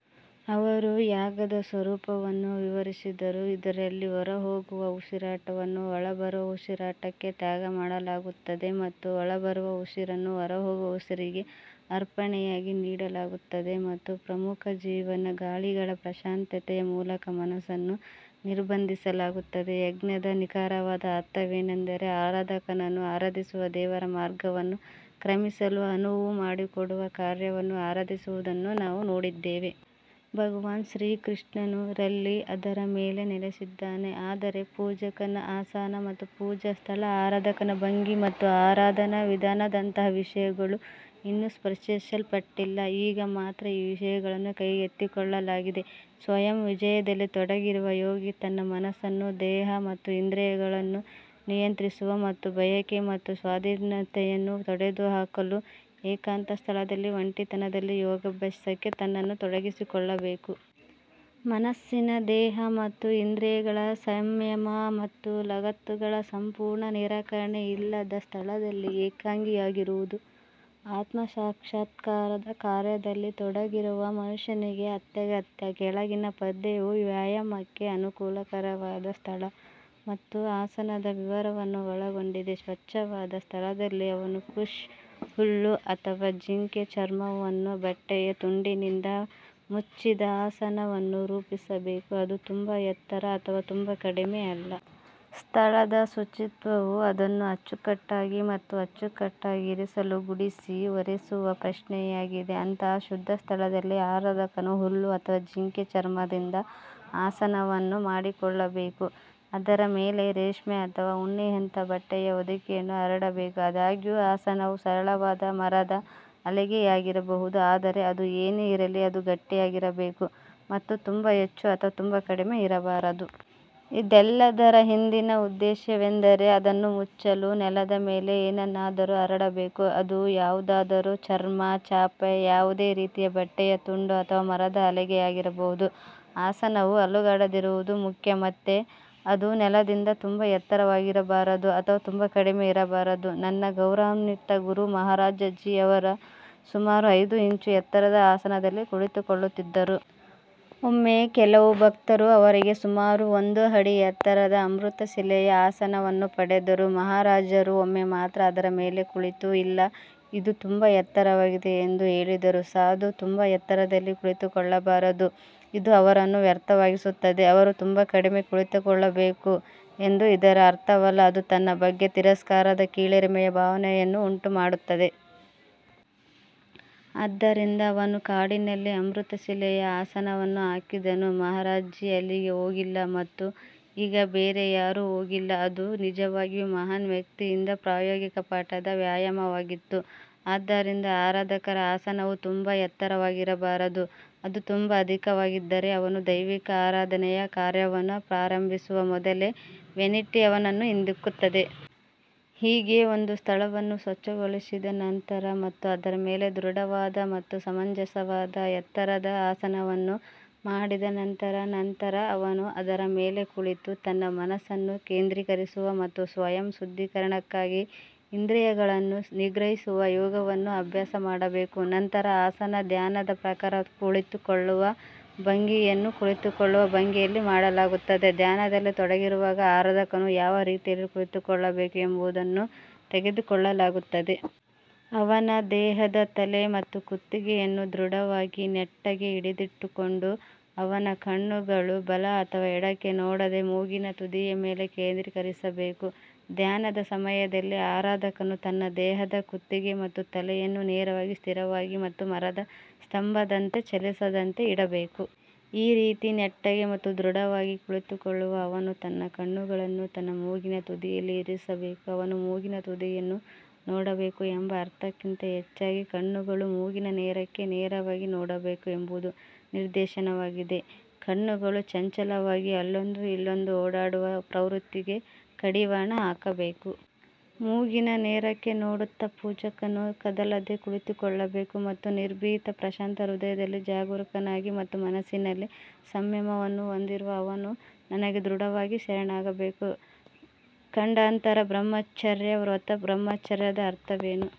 ಅವರು ಯಾಗದ ಸ್ವರೂಪವನ್ನು ವಿವರಿಸಿದರು ಇದರಲ್ಲಿ ಹೊರಹೋಗುವ ಉಸಿರಾಟವನ್ನು ಒಳಬರುವ ಉಸಿರಾಟಕ್ಕೆ ತ್ಯಾಗಮಾಡಲಾಗುತ್ತದೆ ಮತ್ತು ಒಳಬರುವ ಉಸಿರನ್ನು ಹೊರಹೋಗುವ ಉಸಿರಿಗೆ ಅರ್ಪಣೆಯಾಗಿ ನೀಡಲಾಗುತ್ತದೆ ಮತ್ತು ಪ್ರಮುಖ ಜೀವನ ಗಾಳಿಗಳ ಪ್ರಶಾಂತತೆಯ ಮೂಲಕ ಮನಸ್ಸನ್ನು ನಿರ್ಬಂಧಿಸಲಾಗುತ್ತದೆ. ಯಜ್ಞದ ನಿಖರವಾದ ಅರ್ಥವೇನೆಂದರೆ ಆರಾಧಕನನ್ನು ಆರಾಧಿಸುವ ದೇವರ ಮಾರ್ಗವನ್ನು ಕ್ರಮಿಸಲು ಅನುವು ಮಾಡಿಕೊಡುವ ಕಾರ್ಯವನ್ನು ಆರಾಧಿಸುವುದನ್ನು ನಾವು ನೋಡಿದ್ದೇವೆ. ಭಗವಾನ್ ಶ್ರೀಕೃಷ್ಣನು ರಲ್ಲಿ ಅದರ ಮೇಲೆ ನೆಲೆಸಿದ್ದಾನೆ ಆದರೆ ಪೂಜಕನ ಆಸನ ಪೂಜಾ ಸ್ಥಳ ಆರಾಧಕನ ಭಂಗಿ ಮತ್ತು ಆರಾಧನಾ ವಿಧಾನದಂತಹ ವಿಷಯಗಳು ಇನ್ನೂ ಸ್ಪರ್ಶಿಸಲ್ಪಟ್ಟಿಲ್ಲ. ಈಗ ಮಾತ್ರ ಈ ವಿಷಯಗಳನ್ನು ಕೈಗೆತ್ತಿಕೊಳ್ಳಲಾಗಿದೆ. ಸ್ವಯಂ ವಿಜಯದಲ್ಲಿ ತೊಡಗಿರುವ ಯೋಗಿ ತನ್ನ ಮನಸ್ಸನ್ನು ದೇಹ ಮತ್ತು ಇಂದ್ರಿಯಗಳನ್ನು ನಿಯಂತ್ರಿಸುವ ಮತ್ತು ಬಯಕೆ ಮತ್ತು ಸ್ವಾಧೀನತೆಯನ್ನು ತೊಡೆದುಹಾಕಲು ಏಕಾಂತ ಸ್ಥಳದಲ್ಲಿ ಒಂಟಿತನದಲ್ಲಿ ಯೋಗಾಭ್ಯಾಸಕ್ಕೆ ತನ್ನನ್ನು ತೊಡಗಿಸಿಕೊಳ್ಳಬೇಕು. ಮನಸ್ಸಿನ ದೇಹ ಮತ್ತು ಇಂದ್ರಿಯಗಳ ಸಂಯಮ ಮತ್ತು ಲಗತ್ತುಗಳ ಸಂಪೂರ್ಣ ನಿರಾಕರಣೆ ಇಲ್ಲದ ಸ್ಥಳದಲ್ಲಿ ಏಕಾಂಗಿಯಾಗಿರುವುದು ಆತ್ಮಸಾಕ್ಷಾತ್ಕಾರದ ಕಾರ್ಯದಲ್ಲಿ ತೊಡಗಿರುವ ಮನುಷ್ಯನಿಗೆ ಅತ್ಯಗತ್ಯ. ಕೆಳಗಿನ ಪದ್ಯವು ವ್ಯಾಯಾಮಕ್ಕೆ ಅನುಕೂಲಕರವಾದ ಸ್ಥಳ ಮತ್ತು ಆಸನದ ವಿವರವನ್ನು ಒಳಗೊಂಡಿದೆ. ಸ್ವಚ್ಛವಾದ ಸ್ಥಳದಲ್ಲಿ ಅವನು ಕುಶ್ ಹುಲ್ಲು ಅಥವಾ ಜಿಂಕೆ ಚರ್ಮವನ್ನು ಬಟ್ಟೆಯ ತುಂಡಿನಿಂದ ಮುಚ್ಚಿದ ಆಸನವನ್ನು ರೂಪಿಸಬೇಕು ಅದು ತುಂಬಾ ಎತ್ತರ ಅಥವಾ ತುಂಬಾ ಕಡಿಮೆ ಅಲ್ಲ. ಸ್ಥಳದ ಶುಚಿತ್ವವು ಅದನ್ನು ಅಚ್ಚುಕಟ್ಟಾಗಿ ಮತ್ತು ಅಚ್ಚುಕಟ್ಟಾಗಿ ಇರಿಸಲು ಗುಡಿಸಿ ಒರೆಸುವ ಪ್ರಶ್ನೆಯಾಗಿದೆ. ಅಂತಹ ಶುದ್ಧ ಸ್ಥಳದಲ್ಲಿ ಆರಾಧಕನು ಹುಲ್ಲು ಅಥವಾ ಜಿಂಕೆ ಚರ್ಮದಿಂದ ಆಸನವನ್ನು ಮಾಡಿಕೊಳ್ಳಬೇಕು ಅದರ ಮೇಲೆ ರೇಷ್ಮೆ ಅಥವಾ ಉಣ್ಣೆಯಂತಹ ಬಟ್ಟೆಯ ಹೊದಿಕೆಯನ್ನು ಹರಡಬೇಕು. ಆದಾಗ್ಯೂ ಆಸನವು ಸರಳವಾದ ಮರದ ಹಲಗೆಯಾಗಿರಬಹುದು ಆದರೆ ಅದು ಏನೇ ಇರಲಿ ಅದು ಗಟ್ಟಿಯಾಗಿರಬೇಕು ಮತ್ತು ತುಂಬಾ ಹೆಚ್ಚು ಅಥವಾ ತುಂಬಾ ಕಡಿಮೆ ಇರಬಾರದು. ಇದೆಲ್ಲದರ ಹಿಂದಿನ ಉದ್ದೇಶವೆಂದರೆ ಅದನ್ನು ಮುಚ್ಚಲು ನೆಲದ ಮೇಲೆ ಏನನ್ನಾದರೂ ಹರಡಬೇಕು ಅದು ಯಾವುದಾದರೂ ಚರ್ಮ ಚಾಪೆ ಯಾವುದೇ ರೀತಿಯ ಬಟ್ಟೆಯ ತುಂಡು ಅಥವಾ ಮರದ ಹಲಗೆಯಾಗಿರಬಹುದು. ಆಸನವು ಅಲುಗಾಡದಿರುವುದು ಮುಖ್ಯ ಮತ್ತೆ ಅದು ನೆಲದಿಂದ ತುಂಬಾ ಎತ್ತರವಾಗಿರಬಾರದು ಅಥವಾ ತುಂಬಾ ಕಡಿಮೆ ಇರಬಾರದು. ನನ್ನ ಗೌರವಾನ್ವಿತ ಗುರು ಮಹಾರಾಜ್ ಜಿ ಅವರು ಸುಮಾರು ಐದು ಇಂಚು ಎತ್ತರದ ಆಸನದಲ್ಲಿ ಕುಳಿತುಕೊಳ್ಳುತ್ತಿದ್ದರು. ಒಮ್ಮೆ ಕೆಲವು ಭಕ್ತರು ಅವರಿಗೆ ಸುಮಾರು ಒಂದು ಅಡಿ ಎತ್ತರದ ಅಮೃತಶಿಲೆಯ ಆಸನವನ್ನು ಪಡೆದರು. ಮಹಾರಾಜರು ಒಮ್ಮೆ ಮಾತ್ರ ಅದರ ಮೇಲೆ ಕುಳಿತು ಇಲ್ಲ ಇದು ತುಂಬಾ ಎತ್ತರವಾಗಿದೆ ಎಂದು ಹೇಳಿದರು. ಸಾಧು ತುಂಬಾ ಎತ್ತರದಲ್ಲಿ ಕುಳಿತುಕೊಳ್ಳಬಾರದು ಇದು ಅವರನ್ನು ವ್ಯರ್ಥವಾಗಿಸುತ್ತದೆ. ಅವರು ತುಂಬಾ ಕಡಿಮೆ ಕುಳಿತುಕೊಳ್ಳಬೇಕು ಎಂದು ಇದರ ಅರ್ಥವಲ್ಲ ಅದು ತನ್ನ ಬಗ್ಗೆ ತಿರಸ್ಕಾರದ ಕೀಳರಿಮೆಯ ಭಾವನೆಯನ್ನು ಉಂಟುಮಾಡುತ್ತದೆ. ಆದ್ದರಿಂದ ಅವನು ಕಾಡಿನಲ್ಲಿ ಅಮೃತಶಿಲೆಯ ಆಸನವನ್ನು ಹಾಕಿದನು. ಮಹಾರಾಜ್ ಜಿ ಅಲ್ಲಿಗೆ ಹೋಗಿಲ್ಲ ಮತ್ತು ಈಗ ಬೇರೆ ಯಾರೂ ಹೋಗಿಲ್ಲ. ಅದು ನಿಜವಾಗಿಯೂ ಮಹಾನ್ ವ್ಯಕ್ತಿಯಿಂದ ಪ್ರಾಯೋಗಿಕ ಪಾಠದ ವ್ಯಾಯಾಮವಾಗಿತ್ತು. ಆದ್ದರಿಂದ ಆರಾಧಕರ ಆಸನವು ತುಂಬಾ ಎತ್ತರವಾಗಿರಬಾರದು ಅದು ತುಂಬಾ ಅಧಿಕವಾಗಿದ್ದರೆ ಅವನು ದೈವಿಕ ಆರಾಧನೆಯ ಕಾರ್ಯವನ್ನು ಪ್ರಾರಂಭಿಸುವ ಮೊದಲೇ ವ್ಯಾನಿಟಿ ಅವನನ್ನು ಹಿಂದಿಕ್ಕುತ್ತದೆ. ಹೀಗೆ ಒಂದು ಸ್ಥಳವನ್ನು ಸ್ವಚ್ಛಗೊಳಿಸಿದ ನಂತರ ಮತ್ತು ಅದರ ಮೇಲೆ ದೃಢವಾದ ಮತ್ತು ಸಮಂಜಸವಾದ ಎತ್ತರದ ಆಸನವನ್ನು ಮಾಡಿದ ನಂತರ ನಂತರ ಅವನು ಅದರ ಮೇಲೆ ಕುಳಿತು ತನ್ನ ಮನಸ್ಸನ್ನು ಕೇಂದ್ರೀಕರಿಸುವ ಮತ್ತು ಸ್ವಯಂ ಶುದ್ಧೀಕರಣಕ್ಕಾಗಿ ಇಂದ್ರಿಯಗಳನ್ನು ನಿಗ್ರಹಿಸುವ ಯೋಗವನ್ನು ಅಭ್ಯಾಸ ಮಾಡಬೇಕು. ನಂತರ ಆಸನ ಧ್ಯಾನದ ಪ್ರಕಾರ ಕುಳಿತುಕೊಳ್ಳುವ ಭಂಗಿಯನ್ನು ಕುಳಿತುಕೊಳ್ಳುವ ಭಂಗಿಯಲ್ಲಿ ಮಾಡಲಾಗುತ್ತದೆ ಧ್ಯಾನದಲ್ಲಿ ತೊಡಗಿರುವಾಗ ಆರಾಧಕನು ಯಾವ ರೀತಿಯಲ್ಲಿ ಕುಳಿತುಕೊಳ್ಳಬೇಕು ಎಂಬುದನ್ನು ತೆಗೆದುಕೊಳ್ಳಲಾಗುತ್ತದೆ. ಅವನ ದೇಹದ ತಲೆ ಮತ್ತು ಕುತ್ತಿಗೆಯನ್ನು ದೃಢವಾಗಿ ನೆಟ್ಟಗೆ ಹಿಡಿದಿಟ್ಟುಕೊಂಡು ಅವನ ಕಣ್ಣುಗಳು ಬಲ ಅಥವಾ ಎಡಕ್ಕೆ ನೋಡದೆ ಮೂಗಿನ ತುದಿಯ ಮೇಲೆ ಕೇಂದ್ರೀಕರಿಸಬೇಕು. ಧ್ಯಾನದ ಸಮಯದಲ್ಲಿ ಆರಾಧಕನು ತನ್ನ ದೇಹದ ಕುತ್ತಿಗೆ ಮತ್ತು ತಲೆಯನ್ನು ನೇರವಾಗಿ ಸ್ಥಿರವಾಗಿ ಮತ್ತು ಮರದ ಸ್ತಂಭದಂತೆ ಚಲಿಸದಂತೆ ಇಡಬೇಕು. ಈ ರೀತಿ ನೆಟ್ಟಗೆ ಮತ್ತು ದೃಢವಾಗಿ ಕುಳಿತುಕೊಳ್ಳುವ ಅವನು ತನ್ನ ಕಣ್ಣುಗಳನ್ನು ತನ್ನ ಮೂಗಿನ ತುದಿಯಲ್ಲಿ ಇರಿಸಬೇಕು. ಅವನು ಮೂಗಿನ ತುದಿಯನ್ನು ನೋಡಬೇಕು ಎಂಬ ಅರ್ಥಕ್ಕಿಂತ ಹೆಚ್ಚಾಗಿ ಕಣ್ಣುಗಳು ಮೂಗಿನ ನೇರಕ್ಕೆ ನೇರವಾಗಿ ನೋಡಬೇಕು ಎಂಬುದು ನಿರ್ದೇಶನವಾಗಿದೆ. ಕಣ್ಣುಗಳು ಚಂಚಲವಾಗಿ ಅಲ್ಲೊಂದು ಇಲ್ಲೊಂದು ಓಡಾಡುವ ಪ್ರವೃತ್ತಿಗೆ ಕಡಿವಾಣ ಹಾಕಬೇಕು. ಮೂಗಿನ ನೇರಕ್ಕೆ ನೋಡುತ್ತಾ ಪೂಜಕನು ಕದಲದೆ ಕುಳಿತುಕೊಳ್ಳಬೇಕು ಮತ್ತು ನಿರ್ಭೀತ ಪ್ರಶಾಂತ ಹೃದಯದಲ್ಲಿ ಜಾಗರೂಕನಾಗಿ ಮತ್ತು ಮನಸ್ಸಿನಲ್ಲಿ ಸಂಯಮವನ್ನು ಹೊಂದಿರುವ ಅವನು ನನಗೆ ದೃಢವಾಗಿ ಶರಣಾಗಬೇಕು. ಖಂಡಾಂತರ ಬ್ರಹ್ಮಚರ್ಯ ವ್ರತ ಬ್ರಹ್ಮಚರ್ಯದ ಅರ್ಥವೇನು?